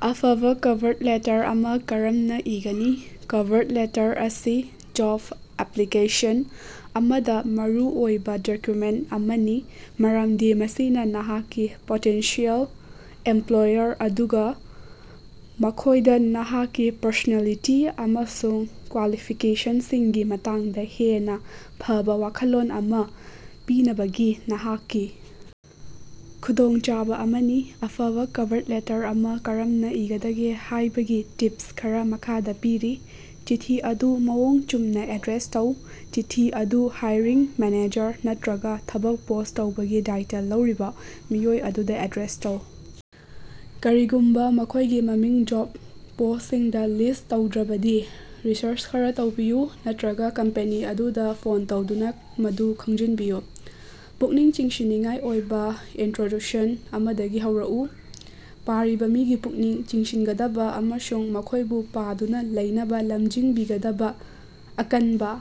ꯑꯐꯕꯥ cover letter ꯑꯃꯥ ꯀꯔꯝꯅꯥ ꯏꯒꯅꯤ? ꯀꯚꯔ ꯂꯦꯇꯔ ꯑꯁꯤ ꯖꯣꯕ ꯑꯦꯞꯄ꯭ꯂꯤꯀꯦꯁꯟ ꯑꯃꯗꯥ ꯃꯔꯨꯑꯣꯏꯕꯥ ꯗꯣꯀ꯭ꯌꯨꯃꯦꯟ ꯑꯃꯅꯤ, ꯃꯔꯝꯗꯤ ꯃꯁꯤꯅꯥ ꯅꯍꯥꯛꯀꯤ ꯄꯣꯇꯦꯟꯁꯤꯑꯦꯜ ꯏꯝꯄ꯭ꯂꯣꯌꯔ ꯑꯗꯨꯒꯥ ꯃꯈꯣꯏꯗꯥ ꯅꯍꯥꯛꯀꯤ ꯄꯔꯁꯣꯅꯦꯂꯤꯇꯤ ꯑꯃꯁꯨꯡ ꯀ꯭ꯋꯥꯂꯤꯐꯤꯀꯦꯁꯟꯁꯤꯡꯒꯤ ꯃꯇꯥꯡꯗꯥ ꯍꯦꯟꯅꯥ ꯐꯕꯥ ꯋꯥꯈꯜꯂꯣꯟ ꯑꯃꯥ ꯄꯤꯅꯕꯒꯤ ꯅꯍꯥꯛꯀꯤ ꯈꯨꯗꯣꯡꯆꯥꯕꯥ ꯑꯃꯅꯤ꯫ ꯑꯐꯕꯥ ꯀꯚꯔ ꯂꯦꯇꯔ ꯑꯃꯥ ꯀꯔꯝꯅꯥ ꯏꯒꯗꯒꯦ ꯍꯥꯏꯕꯒꯤ ꯇꯤꯞꯁ ꯈꯔꯥ ꯃꯈꯥꯗꯥ ꯄꯤꯔꯤ: ꯆꯤꯊꯤ ꯑꯗꯨ ꯃꯑꯣꯡ ꯆꯨꯝꯅꯥ ꯑꯦꯗ꯭ꯔꯦꯁ ꯇꯧ: ꯆꯤꯊꯤ ꯑꯗꯨ ꯍꯥꯏꯔꯤꯡ ꯃꯦꯅꯦꯖꯔ ꯅꯠꯇ꯭ꯔꯒꯥ ꯊꯕꯛ ꯄꯣꯁ ꯇꯧꯕꯒꯤ ꯗꯥꯏꯇꯥ ꯂꯧꯔꯤꯕꯥ ꯃꯤꯑꯣꯏ ꯑꯗꯨꯗꯥ ꯑꯦꯗ꯭ꯔꯦꯁ ꯇꯧ꯫ ꯀꯔꯤꯒꯨꯝꯕꯥ ꯃꯈꯣꯏꯒꯤ ꯃꯃꯤꯡ ꯖꯣꯕ ꯄꯣꯁꯇꯤꯡꯗꯥ ꯂꯤꯁ ꯇꯧꯗ꯭ꯔꯕꯗꯤ, ꯔꯤꯁꯔꯆ ꯈꯔꯥ ꯇꯧꯕꯤꯌꯨ ꯅꯠꯇ꯭ꯔꯒ ꯀꯝꯄꯅꯤ ꯑꯗꯨꯗꯥ ꯐꯣꯟ ꯇꯧꯗꯨꯅꯥ ꯃꯗꯨ ꯈꯪꯖꯤꯟꯕꯤꯌꯨ꯫ ꯄꯨꯛꯅꯤꯡ ꯆꯤꯡꯁꯤꯟꯅꯤꯡꯉꯥꯏ ꯑꯣꯏꯕꯥ ꯏꯟꯇ꯭ꯔꯣꯗ꯭ꯌꯨꯁꯟ ꯑꯃꯗꯒꯤ ꯍꯧꯔꯛꯎ: ꯄꯥꯔꯤꯕꯥ ꯃꯤꯒꯤ ꯄꯨꯛꯅꯤꯡ ꯆꯤꯡꯁꯤꯟꯒꯗꯕꯥ ꯑꯃꯁꯨꯡ ꯃꯈꯣꯏꯕꯨ ꯄꯥꯗꯨꯅꯥ ꯂꯩꯅꯕꯥ ꯂꯝꯖꯤꯡꯕꯤꯒꯗꯕꯥ ꯑꯀꯟꯕꯥ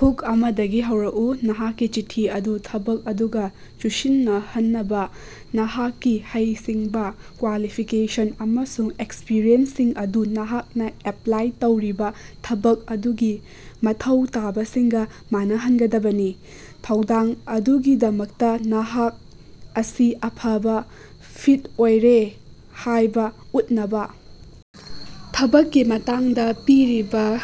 ꯍꯨꯛ ꯑꯃꯗꯒꯤ ꯍꯧꯔꯛꯎ꯫ ꯅꯍꯥꯛꯀꯤ ꯆꯤꯊꯤ ꯑꯗꯨ ꯊꯕꯛ ꯑꯗꯨꯒꯥ ꯆꯨꯁꯤꯟꯅꯍꯅꯕꯥ: ꯅꯍꯥꯛꯀꯤ ꯍꯩꯁꯤꯡꯕꯥ, ꯀ꯭ꯋꯥꯂꯤꯐꯤꯀꯦꯁꯟ ꯑꯃꯁꯨꯡ ꯑꯦꯛꯁꯄ꯭ꯔꯤꯌꯦꯟꯁ ꯁꯤꯡ ꯑꯗꯨ ꯅꯍꯥꯛꯅꯥ ꯑꯦꯄ꯭ꯂꯥꯏ ꯇꯧꯔꯤꯕꯥ ꯊꯕꯛ ꯑꯗꯨꯒꯤ ꯃꯊꯧ ꯇꯥꯕꯁꯤꯡꯒꯥ ꯃꯥꯟꯅꯍꯟꯒꯗꯕꯅꯤ꯫ ꯊꯧꯗꯥꯡ ꯑꯗꯨꯒꯤꯗꯃꯛꯇꯥ ꯅꯍꯥꯛ ꯑꯁꯤ ꯑꯐꯕꯥ ꯐꯤꯠ ꯑꯣꯏꯔꯦ ꯍꯥꯏꯕꯥ ꯎꯠꯅꯕꯥ ꯊꯕꯛꯀꯤ ꯃꯇꯥꯡꯗꯥ ꯄꯤꯔꯤꯕꯥ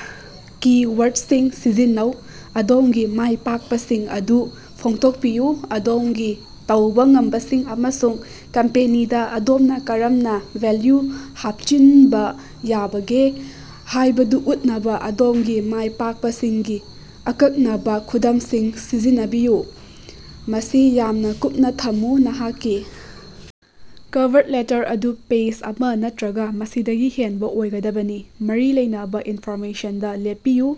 ꯀꯤ-ꯋꯥꯔꯗꯁꯤꯡ ꯁꯤꯖꯤꯟꯅꯧ꯫ ꯑꯗꯣꯝꯒꯤ ꯃꯥꯏ ꯄꯥꯛꯄꯁꯤꯡ ꯑꯗꯨ ꯐꯣꯡꯗꯣꯛꯄꯤꯌꯨ: ꯑꯗꯣꯝꯒꯤ ꯇꯧꯕꯥ ꯉꯝꯕꯁꯤꯡ ꯑꯃꯁꯨꯡ ꯀꯝꯄꯦꯅꯤꯗꯥ ꯑꯗꯣꯝꯅꯥ ꯀꯔꯝꯅꯥ ꯚꯦꯜꯌꯨ ꯍꯥꯞꯆꯤꯟꯕꯥ ꯌꯥꯕꯒꯦ ꯍꯥꯏꯕꯗꯨ ꯎꯠꯅꯕꯥ ꯑꯗꯣꯝꯒꯤ ꯃꯥꯏ ꯄꯥꯛꯄꯁꯤꯡꯒꯤ ꯑꯀꯛꯅꯕꯥ ꯈꯨꯗꯝꯁꯤꯡ ꯁꯤꯖꯤꯟꯅꯕꯤꯌꯨ꯫ ꯃꯁꯤ ꯌꯥꯝꯅꯥ ꯀꯨꯞꯅꯥ ꯊꯝꯃꯨ: ꯅꯍꯥꯛꯀꯤ ꯀꯚꯔ ꯂꯦꯇꯔ ꯑꯗꯨ ꯄꯦꯖ ꯑꯃꯥ ꯅꯠꯇ꯭ꯔꯒꯥ ꯃꯁꯤꯗꯒꯤ ꯍꯦꯟꯕꯥ ꯑꯣꯏꯒꯗꯕꯅꯤ꯫ ꯃꯔꯤ ꯂꯩꯅꯕꯥ ꯏꯟꯐꯣꯔꯃꯦꯁꯟꯗꯥ ꯂꯦꯞꯄꯤꯌꯨ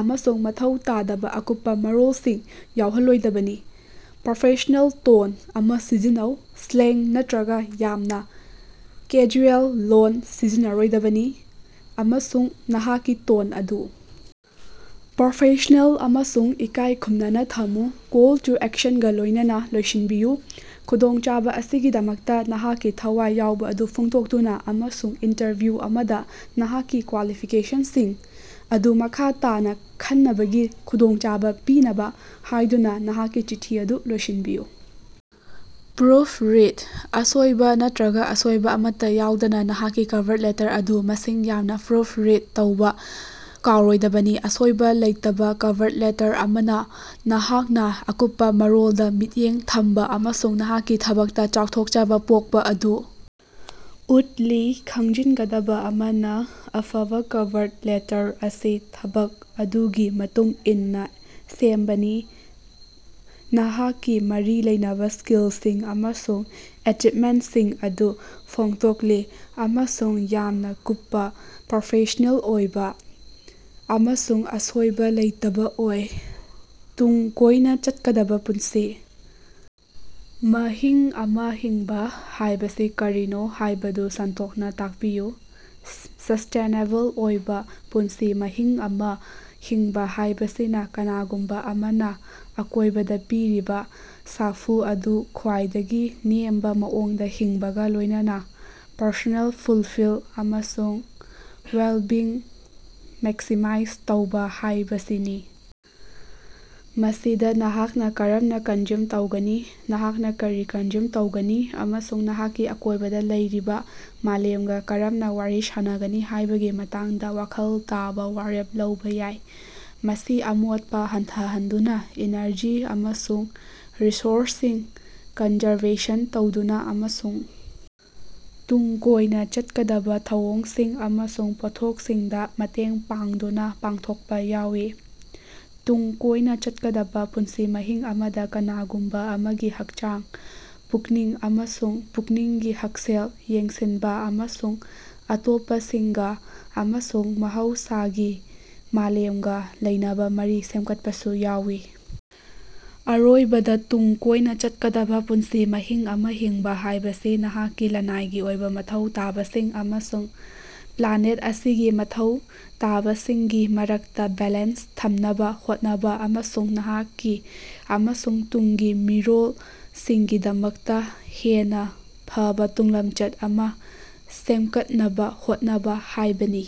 ꯑꯃꯁꯨꯡ ꯃꯊꯧ ꯇꯥꯗꯕꯥ ꯑꯀꯨꯞꯄꯥ ꯃꯔꯣꯜꯁꯤꯡ ꯌꯥꯎꯍꯜꯂꯣꯏꯗꯕꯅꯤ꯫ ꯄ꯭ꯔꯣꯐꯦꯁꯅꯦꯜ ꯇꯣꯟ ꯑꯃꯥ ꯁꯤꯖꯤꯟꯅꯧ: ꯁ꯭ꯂꯦꯡ ꯅꯠꯇ꯭ꯔꯒꯥ ꯌꯥꯝꯅꯥ ꯀꯦꯖꯨꯑꯦꯜ ꯂꯣꯟ ꯁꯤꯖꯤꯟꯅꯔꯣꯏꯗꯕꯅꯤ, ꯑꯃꯁꯨꯡ ꯅꯍꯥꯛꯀꯤ ꯇꯣꯟ ꯑꯗꯨ ꯄ꯭ꯔꯣꯐꯦꯁꯅꯦꯜ ꯑꯃꯁꯨꯡ ꯏꯀꯥꯏ ꯈꯨꯝꯅꯅꯥ ꯊꯝꯃꯨ꯫ ꯀꯣꯜ ꯇꯨ ꯑꯦꯛꯁꯟꯒꯥ ꯂꯣꯏꯅꯅꯥ ꯂꯣꯏꯁꯤꯟꯕꯤꯌꯨ: ꯈꯨꯗꯣꯡꯆꯕ ꯑꯁꯤꯒꯤꯗꯃꯛꯇꯥ ꯅꯍꯥꯛꯀꯤ ꯊꯋꯥꯏ ꯌꯥꯎꯕꯥ ꯑꯗꯨ ꯐꯣꯡꯗꯣꯛꯇꯨꯅꯥ ꯑꯃꯁꯨꯡ ꯏꯟꯇꯔꯚ꯭ꯌꯨ ꯑꯃꯗꯥ ꯅꯍꯥꯛꯀꯤ ꯀ꯭ꯋꯥꯂꯤꯐꯤꯀꯦꯁꯟꯁꯤꯡ ꯑꯗꯨ ꯃꯈꯥ ꯇꯥꯅꯥ ꯈꯟꯅꯕꯒꯤ ꯈꯨꯗꯣꯡꯆꯕ ꯄꯤꯅꯕꯥ ꯍꯥꯏꯗꯨꯅꯥ ꯅꯍꯥꯛꯀꯤ ꯆꯤꯊꯤ ꯑꯗꯨ ꯂꯣꯏꯁꯤꯟꯕꯤꯌꯨ꯫ ꯄ꯭ꯔꯨꯐ ꯔꯤꯗ: ꯑꯁꯣꯏꯕꯥ ꯅꯠꯇ꯭ꯔꯒꯥ ꯑꯁꯣꯏꯕꯥ ꯑꯃꯠꯇꯥ ꯌꯥꯎꯗꯅꯥ ꯅꯍꯥꯛꯀꯤ ꯀꯚꯔ ꯂꯦꯇꯔ ꯑꯗꯨ ꯃꯁꯤꯡ ꯌꯥꯝꯅ ꯄ꯭ꯔꯨꯐ ꯔꯤꯗ ꯇꯧꯕꯥ ꯀꯥꯎꯔꯣꯏꯗꯕꯅꯤ꯫ ꯑꯁꯣꯏꯕ ꯂꯩꯇꯕ ꯀꯚꯔ ꯂꯦꯇꯔ ꯑꯃꯅ ꯅꯍꯥꯛꯅ ꯑꯀꯨꯞꯄꯥ ꯃꯔꯣꯜꯗ ꯃꯤꯠꯌꯦꯡ ꯊꯝꯕꯥ ꯑꯃꯁꯨꯡ ꯅꯍꯥꯛꯀꯤ ꯊꯕꯛꯇꯥ ꯆꯥꯎꯊꯣꯛꯆꯕ ꯄꯣꯛꯄꯥ ꯑꯗꯨ ꯎꯠꯂꯤ꯫ ꯈꯪꯖꯤꯟꯒꯗꯕꯥ ꯑꯃꯅꯥ, ꯑꯐꯕꯥ ꯀꯚꯔ ꯂꯦꯇꯔ ꯑꯁꯤ ꯊꯕꯛ ꯑꯗꯨꯒꯤ ꯃꯇꯨꯡ ꯏꯟꯅꯥ ꯁꯦꯝꯕꯅꯤ, ꯅꯍꯥꯛꯀꯤ ꯃꯔꯤ ꯂꯩꯅꯕꯥ ꯁ꯭ꯀꯤꯜꯁꯤꯡ ꯑꯃꯁꯨꯡ ꯑꯦꯆꯤꯕꯃꯦꯟꯇꯁꯤꯡ ꯑꯗꯨ ꯐꯣꯡꯗꯣꯛꯂꯤ ꯑꯃꯁꯨꯡ ꯌꯥꯝꯅꯥ ꯀꯨꯞꯄꯥ, ꯄ꯭ꯔꯣꯐꯦꯁꯅꯦꯜ ꯑꯣꯏꯕ ꯑꯃꯁꯨꯡ ꯑꯁꯣꯏꯕꯥ ꯂꯩꯇꯕꯥ ꯑꯣꯏ꯫ ꯇꯨꯡ ꯀꯣꯏꯅꯥ ꯆꯠꯀꯗꯕꯥ ꯄꯨꯟꯁꯤ ꯃꯍꯤꯡ ꯑꯃꯥ ꯍꯤꯡꯕꯥ ꯍꯥꯏꯕꯁꯤ ꯀꯔꯤꯅꯣ ꯍꯥꯏꯕꯗꯨ ꯁꯟꯗꯣꯛꯅꯥ ꯇꯥꯛꯄꯤꯌꯨ꯫ ꯁꯁ꯭ꯇꯦꯅꯦꯕꯜ ꯑꯣꯏꯕꯥ ꯄꯨꯟꯁꯤ ꯃꯍꯤꯡ ꯑꯃꯥ ꯍꯤꯡꯕꯥ ꯍꯥꯏꯕꯁꯤꯅꯥ ꯀꯅꯥꯒꯨꯝꯕꯥ ꯑꯃꯅꯥ ꯑꯀꯣꯏꯕꯗ ꯄꯤꯔꯤꯕꯥ ꯁꯥꯐꯨ ꯑꯗꯨ ꯈ꯭ꯋꯥꯏꯗꯒꯤ ꯅꯦꯝꯕꯥ ꯃꯑꯣꯡꯗꯥ ꯍꯤꯡꯕꯒꯥ ꯂꯣꯏꯅꯅꯥ ꯄꯔꯁꯣꯅꯦꯜ ꯐꯨꯜꯐꯤꯜ ꯑꯃꯁꯨꯡ ꯋꯦꯜꯕꯤꯡ ꯃꯦꯛꯁꯤꯃꯥꯏꯖ ꯇꯧꯕꯥ ꯍꯥꯏꯕꯁꯤꯅꯤ꯫ ꯃꯁꯤꯗꯥ ꯅꯍꯥꯛꯅꯥ ꯀꯔꯝꯅꯥ ꯀꯟꯖ꯭ꯌꯨꯝ ꯇꯧꯒꯅꯤ, ꯅꯍꯥꯛꯅꯥ ꯀꯔꯤ ꯀꯟꯖ꯭ꯌꯨꯝ ꯇꯧꯒꯅꯤ ꯑꯃꯁꯨꯡ ꯅꯍꯥꯛꯀꯤ ꯑꯀꯣꯏꯕꯗ ꯂꯩꯔꯤꯕꯥ ꯃꯥꯂꯦꯝꯒꯥ ꯀꯔꯝꯅꯥ ꯋꯥꯔꯤ ꯁꯥꯅꯒꯅꯤ ꯍꯥꯏꯕꯒꯤ ꯃꯇꯥꯡꯗ ꯋꯥꯈꯜ ꯇꯕꯥ ꯋꯥꯔꯦꯞ ꯂꯧꯕꯥ ꯌꯥꯏ꯫ ꯃꯁꯤ ꯑꯃꯣꯠꯄꯥ ꯍꯟꯊꯍꯟꯗꯨꯅꯥ, ꯏꯅꯔꯖꯤ ꯑꯃꯁꯨꯡ ꯔꯤꯁꯣꯔꯁꯁꯤꯡ ꯀꯟꯖꯔꯕꯦꯁꯟ ꯇꯧꯗꯨꯅꯥ ꯑꯃꯁꯨꯡ ꯇꯨꯡ ꯀꯣꯏꯅꯥ ꯆꯠꯀꯗꯕꯥ ꯊꯧꯑꯣꯡꯁꯤꯡ ꯑꯃꯁꯨꯡ ꯄꯣꯠꯊꯣꯛꯁꯤꯡꯗꯥ ꯃꯇꯦꯡ ꯄꯥꯡꯗꯨꯅꯥ ꯄꯥꯡꯊꯣꯛꯄꯥ ꯌꯥꯎꯏ꯫ ꯇꯨꯡ ꯀꯣꯏꯅꯥ ꯆꯠꯀꯗꯕꯥ ꯄꯨꯟꯁꯤ ꯃꯍꯤꯡ ꯑꯃꯗꯥ ꯀꯅꯥꯒꯨꯝꯕꯥ ꯑꯃꯒꯤ ꯍꯛꯆꯥꯡ, ꯄꯨꯛꯅꯤꯡ ꯑꯃꯁꯨꯡ ꯄꯨꯛꯅꯤꯡꯒꯤ ꯍꯛꯁꯦꯜ ꯌꯦꯡꯁꯤꯟꯕꯥ ꯑꯃꯁꯨꯡ ꯑꯇꯣꯞꯄꯁꯤꯡꯒꯥ ꯑꯃꯁꯨꯡ ꯃꯍꯧꯁꯥꯒꯤ ꯃꯥꯂꯦꯝꯒꯥ ꯂꯩꯅꯕꯥ ꯃꯔꯤ ꯁꯦꯝꯒꯠꯄꯁꯨ ꯌꯥꯎꯏ꯫ ꯑꯔꯣꯏꯕꯗꯥ, ꯇꯨꯡ ꯀꯣꯏꯅꯥ ꯆꯠꯀꯗꯕꯥ ꯄꯨꯟꯁꯤ ꯃꯍꯤꯡ ꯑꯃꯥ ꯍꯤꯡꯕꯥ ꯍꯥꯏꯕꯁꯤ ꯅꯍꯥꯛꯀꯤ ꯂꯅꯥꯏꯒꯤ ꯑꯣꯏꯕꯥ ꯃꯊꯧ ꯇꯥꯕꯁꯤꯡ ꯑꯃꯁꯨꯡ ꯄ꯭ꯂꯥꯅꯦꯠ ꯑꯁꯤꯒꯤ ꯃꯊꯧ ꯇꯥꯕꯁꯤꯡꯒꯤ ꯃꯔꯛꯇꯥ ꯕꯦꯂꯦꯟꯁ ꯊꯝꯅꯕꯥ ꯍꯣꯠꯅꯕꯥ, ꯑꯃꯁꯨꯡ ꯅꯍꯥꯛꯀꯤ ꯑꯃꯁꯨꯡ ꯇꯨꯡꯒꯤ ꯃꯤꯔꯣꯜ ꯁꯤꯡꯒꯤꯗꯃꯛꯇꯥ ꯍꯦꯟꯅꯥ ꯐꯕꯥ ꯇꯨꯡꯂꯝꯆꯠ ꯑꯃꯥ ꯁꯦꯝꯒꯠꯅꯕꯥ ꯍꯣꯠꯅꯕꯥ ꯍꯥꯏꯕꯅꯤ꯫